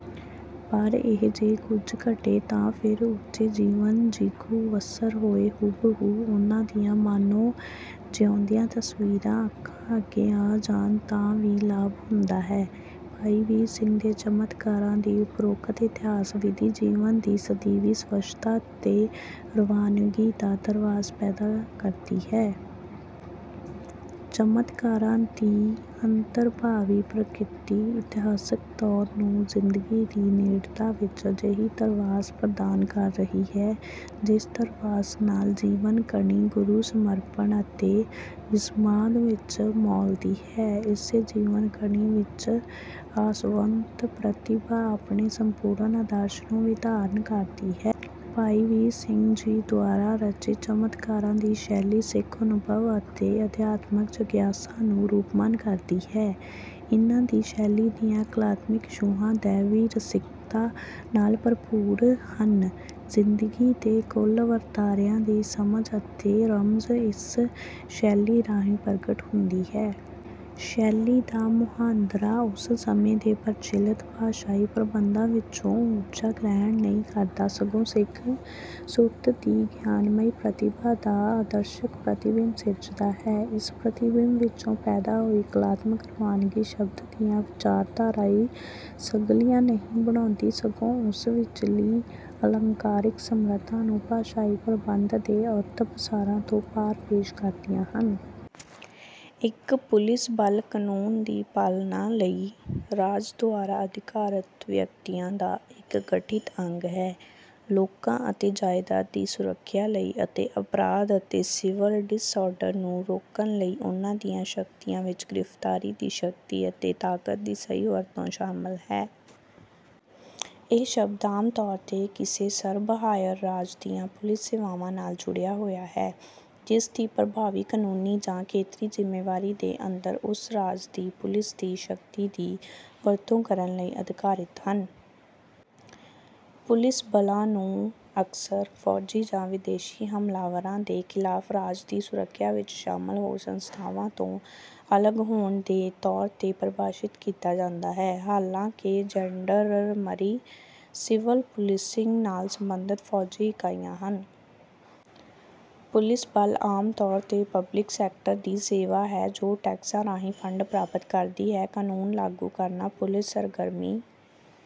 ਪਰ ਇਹ ਜੇ ਕੁੱਝ ਘਟੇ ਤਾਂ ਫੇਰ ਉੱਚੇ ਜੀਵਨ ਜੀਕੂ ਵਸਰ ਹੋਏ ਹੂ ਬ ਹੂ ਉਨ੍ਹਾਂ ਦੀਆਂ ਮਾਨੋ ਜਿਉਂਦੀਆਂ ਤਸਵੀਰਾਂ ਅੱਖਾਂ ਅੱਗੇ ਆ ਜਾਣ ਤਾਂ ਵੀ ਲਾਭ ਹੁੰਦਾ ਹੈ। ਭਾਈ ਵੀਰ ਸਿੰਘ ਦੇ ਚਮਤਕਾਰਾਂ ਦੀ ਉਪਰੋਕਤ ਇਤਿਹਾਸਕ ਵਿਧੀ ਜੀਵਨ ਦੀ ਸਦੀਵੀ ਸਵੱਛਤਾ ਤੇ ਰਵਾਨਗੀ ਦਾ ਧਰਵਾਸ ਪੈਦਾ ਕਰਦੀ ਹੈ। ਚਮਤਕਾਰਾਂ ਦੀ ਅੰਤਰਭਾਵੀ ਪ੍ਰਕਿਰਤੀ ਇਤਿਹਾਸਕ ਤੌਰ ਨੂੰ ਜ਼ਿੰਦਗੀ ਦੀ ਨੇੜਤਾ ਵਿੱਚ ਅਜਿਹੀ ਧਰਵਾਸ ਪ੍ਰਦਾਨ ਕਰ ਰਹੀ ਹੈ ਜਿਸ ਧਰਵਾਸ ਨਾਲ ਜੀਵਨ ਕਣੀ ਗੁਰੂ ਸਮਰਪਣ ਅਤੇ ਵਿਸਮਾਦ ਵਿੱਚ ਮੌਲਦੀ ਹੈ। ਇਸੇ ਜੀਵਨ ਕਣੀ ਵਿੱਚ ਆਸਵੰਤ ਪ੍ਰਤਿਭਾ ਆਪਣੇ ਸੰਪੂਰਨ ਆਦਰਸ਼ ਨੂੰ ਵੀ ਧਾਰਨ ਕਰਦੀ ਹੈ। ਭਾਈ ਵੀਰ ਸਿੰਘ ਜੀ ਦੁਆਰਾ ਰਚਿਤ ਚਮਤਕਾਰਾਂ ਦੀ ਸ਼ੈਲੀ ਸਿੱਖ ਅਨੁਭਵ ਅਤੇ ਅਧਿਆਤਮਕ ਜਗਿਆਸਾ ਨੂੰ ਰੂਪਮਾਨ ਕਰਦੀ ਹੈ। ਇਹਨਾਂ ਦੀ ਸ਼ੈਲੀ ਦੀਆਂ ਕਲਾਤਮਿਕ ਛੂਹਾਂ ਦੈਵੀ ਰਸਿਕਤਾ ਨਾਲ ਭਰਪੂਰ ਹਨ। ਜਿੰਦਗੀ ਦੇ ਕੁਲ ਵਰਤਾਰਿਆਂ ਦੀ ਸਮਝ ਅਤੇ ਰਮਝ ਇਸ ਸ਼ੈਲੀ ਰਾਹੀਂ ਪ੍ਰਗਟ ਹੁੰਦੀ ਹੈ। ਸ਼ੈਲੀ ਦਾ ਮੁਹਾਂਦਰਾ ਉਸ ਸਮੇਂ ਦੇ ਪ੍ਰਚਲਿਤ ਭਾਸ਼ਾਈ ਪ੍ਰਬੰਧਾਂ ਵਿੱਚੋਂ ਊਰਜਾ ਗ੍ਰਹਿਣ ਨਹੀਂ ਕਰਦਾ ਸਗੋਂ ਸਿੱਖ ਸੁਰਤਿ ਦੀ ਗਿਆਨਮਈ ਪ੍ਰਤਿਬਾ ਦਾ ਅਦਰਸ਼ਕ ਪ੍ਰਤੀਬਿੰਬ ਸਿਰਜਦਾ ਹੈ। ਇਸ ਪ੍ਰਤੀਬਿੰਬ ਵਿੱਚੋਂ ਪੈਦਾ ਹੋਈ ਕਲਾਤਮਕ ਰਵਾਨਗੀ ਸ਼ਬਦਾਂ ਦੀਆਂ ਵਿਚਾਰਧਾਰਾਈ ਸਗਲੀਆਂ ਨਹੀਂ ਬਣਾਉਂਦੀ ਸਗੋਂ ਉਸ ਵਿੱਚਲੀ ਅਲੰਕਾਰਿਕ ਸਮਰਥਾ ਨੂੰ ਭਾਸ਼ਾਈ ਪ੍ਰਬੰਧ ਦੇ ਅਰਥ ਪਸਾਰਾ ਤੋਂ ਪਾਰ ਪੇਸ਼ ਕਰਦੀਆਂ ਹਨ। ਇੱਕ ਪੁਲਿਸ ਬਲ ਕਾਨੂੰਨ ਦੀ ਪਾਲਣਾ ਲਈ ਰਾਜ ਦੁਆਰਾ ਅਧਿਕਾਰਤ ਵਿਅਕਤੀਆਂ ਦਾ ਇੱਕ ਗਠਿਤ ਅੰਗ ਹੈ ਲੋਕਾਂ ਅਤੇ ਜਾਇਦਾਦ ਦੀ ਸੁਰੱਖਿਆ ਲਈ ਅਤੇ ਅਪਰਾਧ ਅਤੇ ਸਿਵਲ ਡਿਸਆਰਡਰ ਨੂੰ ਰੋਕਣ ਲਈ ਉਨ੍ਹਾਂ ਦੀਆਂ ਸ਼ਕਤੀਆਂ ਵਿੱਚ ਗ੍ਰਿਫਤਾਰੀ ਦੀ ਸ਼ਕਤੀ ਅਤੇ ਤਾਕਤ ਦੀ ਸਹੀ ਵਰਤੋਂ ਸ਼ਾਮਲ ਹੈ। ਇਹ ਸ਼ਬਦ ਆਮ ਤੌਰ ਤੇ ਕਿਸੇ ਸਰਬ ਹਾਇਰ ਰਾਜ ਦੀਆਂ ਪੁਲਿਸ ਸੇਵਾਵਾਂ ਨਾਲ ਜੁੜਿਆ ਹੋਇਆ ਹੈ ਜਿਸਦੀ ਪ੍ਰਭਾਵੀ ਕਾਨੂੰਨੀ ਜਾਂ ਖੇਤਰੀ ਜ਼ਿਮੇਵਾਰੀ ਦੇ ਅੰਦਰ ਉਸ ਰਾਜ ਦੀ ਪੁਲਿਸ ਦੀ ਸ਼ਕਤੀ ਦੀ ਵਰਤੋਂ ਕਰਨ ਲਈ ਅਧਿਕਾਰਿਤ ਹਨ। ਪੁਲਿਸ ਬਲਾਂ ਨੂੰ ਅਕਸਰ ਫੌਜੀ ਜਾਂ ਵਿਦੇਸ਼ੀ ਹਮਲਾਵਰਾਂ ਦੇ ਖਿਲਾਫ ਰਾਜ ਦੀ ਸੁਰੱਖਿਆ ਵਿੱਚ ਸ਼ਾਮਲ ਹੋਰ ਸੰਸਥਾਵਾਂ ਤੋਂ ਅਲਗ ਹੋਣ ਦੇ ਤੌਰ ਤੇ ਪਰਿਭਾਸ਼ਿਤ ਕੀਤਾ ਜਾਂਦਾ ਹੈ। ਹਾਲਾਂਕਿ ਜੈਂਡਰਰਮਰੀ ਸਿਵਲ ਪੁਲਿਸਿੰਗ ਨਾਲ ਸੰਬੰਧਿਤ ਫੌਜੀ ਇਕਾਈਆਂ ਹਨ। ਪੁਲਿਸ ਬਲ ਆਮ ਤੌਰ ਤੇ ਪਬਲਿਕ ਸੈਕਟਰ ਦੀ ਸੇਵਾ ਹੈ ਜੋ ਟੈਕਸਾਂ ਰਾਹੀਂ ਫੰਡ ਪ੍ਰਾਪਤ ਕਰਦੀ ਹੈ। ਕਾਨੂੰਨ ਲਾਗੂ ਕਰਨਾ ਪੁਲਿਸ ਸਰਗਰਮੀ